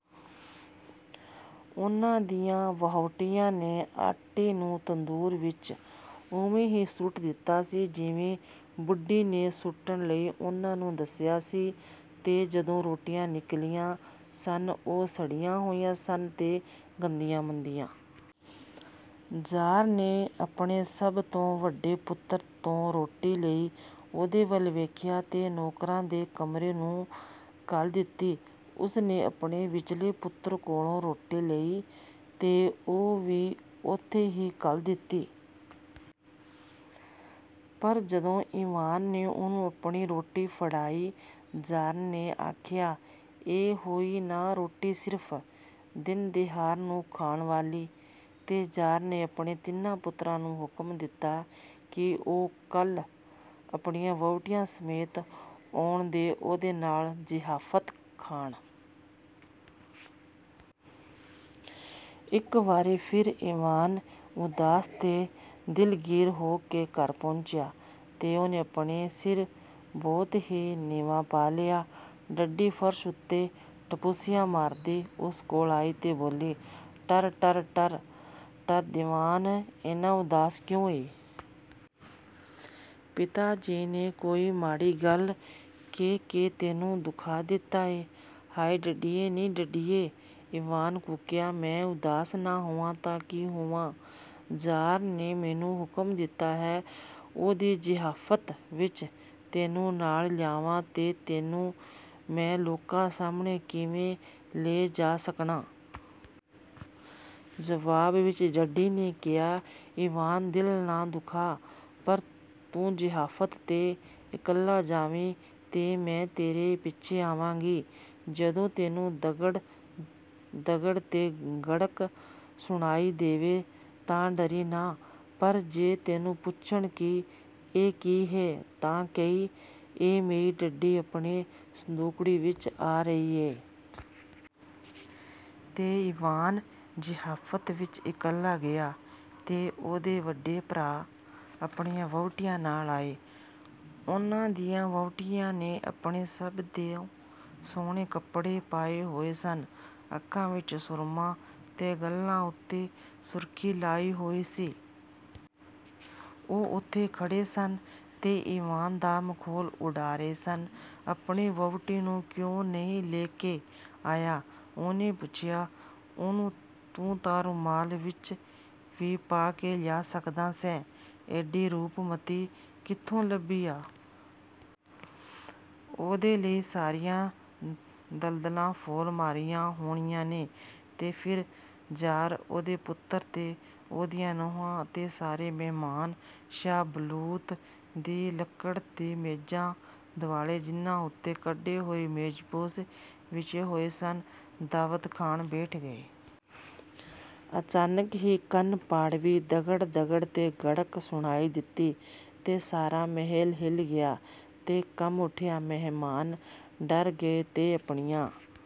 ਉਹਨਾਂ ਦੀਆਂ ਵਹੁਟੀਆਂ ਨੇ ਆਟੇ ਨੂੰ ਤੰਦੂਰ ਵਿੱਚ ਉਵੇਂ ਹੀ ਸੁੱਟ ਦਿੱਤਾ ਸੀ, ਜਿਵੇਂ ਬੁੱਢੀ ਨੇ ਸੁੱਟਣ ਲਈ ਉਹਨਾਂ ਨੂੰ ਦੱਸਿਆ ਸੀ, ਤੇ ਜਦੋਂ ਰੋਟੀਆਂ ਨਿਕਲੀਆਂ ਸਨ, ਉਹ ਸੜੀਆਂ ਹੋਈਆਂ ਸਨ ਤੇ ਗੰਦੀਆਂ-ਮੰਦੀਆਂ। ਜ਼ਾਰ ਨੇ ਆਪਣੇ ਸਭ ਤੋਂ ਵੱਡੇ ਪੁੱਤਰ ਤੋਂ ਰੋਟੀ ਲਈ, ਉਹਦੇ ਵੱਲ ਵੇਖਿਆ ਤੇ ਨੌਕਰਾਂ ਦੇ ਕਮਰੇ ਨੂੰ ਘੱਲ ਦਿੱਤੀ। ਉਸ ਨੇ ਆਪਣੇ ਵਿਚਲੇ ਪੁੱਤਰ ਕੋਲੋਂ ਰੋਟੀ ਲਈ ਤੇ ਉਹ ਵੀ ਓਥੇ ਹੀ ਘੱਲ ਦਿੱਤੀ। ਪਰ ਜਦੋਂ ਈਵਾਨ ਨੇ ਉਹਨੂੰ ਆਪਣੀ ਰੋਟੀ ਫੜਾਈ, ਜ਼ਾਰ ਨੇ ਆਖਿਆ, "ਇਹ ਹੋਈ ਨਾ ਰੋਟੀ ਸਿਰਫ਼ ਦਿਨ-ਦਿਹਾਰ ਨੂੰ ਖਾਣ ਵਾਲੀ।"ਤੇ ਜ਼ਾਰ ਨੇ ਆਪਣੇ ਤਿੰਨਾਂ ਪੁੱਤਰਾਂ ਨੂੰ ਹੁਕਮ ਦਿੱਤਾ ਕਿ ਉਹ ਕੱਲ੍ਹ ਆਪਣੀਆਂ ਵਹੁਟੀਆਂ ਸਮੇਤ ਆਉਣ ਤੇ ਉਹਦੇ ਨਾਲ ਜ਼ਿਆਫ਼ਤ ਖਾਣ। ਇੱਕ ਵਾਰੀ ਫੇਰ ਈਵਾਨ ਉਦਾਸ ਤੇ ਦਿਲਗੀਰ ਹੋ ਕੇ ਘਰ ਪਹੁੰਚਿਆ ਤੇ ਉਹਨੇ ਆਪਣਾ ਸਿਰ ਬਹੁਤ ਹੀ ਨੀਵਾਂ ਪਾ ਲਿਆ। ਡੱਡੀ ਫ਼ਰਸ਼ ਉੱਤੇ ਟਪੋਸੀਆਂ ਮਾਰਦੀ ਉਸ ਕੋਲ ਆਈ ਤੇ ਬੋਲੀ, "ਟਰ-ਟਰ, ਟਰ-ਟਰ, ਈਵਾਨ, ਏਨਾ ਉਦਾਸ ਕਿਉਂ ਏ? ਪਿਤਾ ਜੀ ਨੇ ਕੋਈ ਮਾੜੀ ਗੱਲ ਕਹਿ ਕੇ ਤੈਨੂੰ ਦੁਖਾ ਦਿੱਤਾ।""ਹਾਇ, ਡੱਡੀਏ, ਨੀ ਡੱਡੀਏ," ਈਵਾਨ ਕੂਕਿਆ। "ਮੈਂ ਉਦਾਸ ਨਾ ਹੋਵਾਂ ਤਾਂ ਕੀ ਹੋਵਾਂ? ਜ਼ਾਰ ਨੇ ਮੈਨੂੰ ਹੁਕਮ ਦਿੱਤਾ ਹੈ, ਉਹਦੀ ਜ਼ਿਆਫ਼ਤ ਵਿੱਚ ਤੈਨੂੰ ਨਾਲ ਲਿਆਵਾਂ ਤੇ ਤੈਨੂੰ ਮੈਂ ਲੋਕਾਂ ਸਾਹਮਣੇ ਕਿਵੇਂ ਲੈ ਜਾ ਸਕਨਾਂ।" ਜਵਾਬ ਵਿੱਚ ਡੱਡੀ ਨੇ ਕਿਹਾ, "ਈਵਾਨ, ਦਿਲ ਨਾ ਦੁਖਾ, ਪਰ ਤੂੰ ਜ਼ਿਆਫ਼ਤ 'ਤੇ ਇਕੱਲਾ ਜਾਵੀਂ ਤੇ ਮੈਂ ਤੇਰੇ ਪਿੱਛੇ ਆਵਾਂਗੀ। ਜਦੋਂ ਤੈਨੂੰ ਦਗੜ-ਦਗੜ ਤੇ ਗੜਕ ਸੁਣਾਈ ਦੇਵੇ, ਤਾਂ ਡਰੀਂ ਨਾ, ਪਰ ਜੇ ਤੈਨੂੰ ਪੁੱਛਣ ਕਿ ਇਹ ਕੀ ਹੈ, ਤਾਂ ਕਹੀਂ, ਇਹ ਮੇਰੀ ਡੱਡੀ ਆਪਣੀ ਸੰਦੂਕੜੀ ਵਿੱਚ ਆ ਰਹੀ ਏ।' ਤੇ ਈਵਾਨ ਜ਼ਿਆਫ਼ਤ ਵਿੱਚ ਇਕੱਲਾ ਗਿਆ ਤੇ ਉਹਦੇ ਵੱਡੇ ਭਰਾ ਆਪਣੀਆਂ ਵਹੁਟੀਆਂ ਨਾਲ ਆਏ। ਉਹਨਾਂ ਦੀਆਂ ਵਹੁਟੀਆਂ ਨੇ ਆਪਣੇ ਸਭ ਤੋਂ ਸੁਹਣੇ ਕੱਪੜੇ ਪਾਏ ਹੋਏ ਸਨ, ਅੱਖਾਂ ਵਿੱਚ ਸੁਰਮਾ ਤੇ ਗੱਲ੍ਹਾਂ ਉੱਤੇ ਸੁਰਖ਼ੀ ਲਾਈ ਹੋਈ ਸੀ। ਉਹ ਉੱਥੇ ਖੜ੍ਹੇ ਸਨ ਤੇ ਈਵਾਨ ਦਾ ਮਖੌਲ ਉਡਾ ਰਹੇ ਸਨ। "ਆਪਣੀ ਵਹੁਟੀ ਨੂੰ ਕਿਉਂ ਨਹੀਂ ਲੈ ਕੇ ਆਇਆ?" ਉਹਨੇ ਪੁੱਛਿਆ। "ਉਹਨੂੰ ਤਾਂ ਤੂੰ ਰੁਮਾਲ ਵਿੱਚ ਵੀ ਪਾ ਕੇ ਲਿਆ ਸਕਦਾ ਸੈਂ। ਏਡੀ ਰੂਪਮੱਤੀ ਕਿੱਥੋਂ ਲੱਭੀ ਆ? ਉਹਦੇ ਲਈ ਸਾਰੀਆਂ ਦਲਦਲਾਂ ਫੋਲ ਮਾਰੀਆਂ ਹੋਣਗੀਆਂ ਨੀ।" ਤੇ ਫੇਰ ਜ਼ਾਰ, ਉਹਦੇ ਪੁੱਤਰ ਤੇ ਉਹਦੀਆਂ ਨੂੰਹਾਂ ਅਤੇ ਸਾਰੇ ਮਹਿਮਾਨ ਸ਼ਾਹ ਬਲੂਤ ਦੀ ਲੱਕੜ ਦੇ ਮੇਜ਼ਾਂ ਦੁਆਲੇ, ਜਿਨ੍ਹਾਂ ਉੱਤੇ ਕੱਢੇ ਹੋਏ ਮੇਜ਼ਪੋਸ਼ ਵਿਛੇ ਹੋਏ ਸਨ, ਦਾਅਵਤ ਖਾਣ ਬੇਠ ਗਏ। ਅਚਾਨਕ ਹੀ ਕੰਨ-ਪਾੜਵੀਂ ਦਗੜ-ਦਗੜ ਤੇ ਗੜਕ ਸੁਣਾਈ ਦਿੱਤੀ, ਤੇ ਸਾਰਾ ਮਹਿਲ ਹਿੱਲ ਗਿਆ ਤੇ ਕੰਬ ਉਠਿਆ। ਮਹਿਮਾਨ ਡਰ ਗਏ ਤੇ ਆਪਣੀਆਂ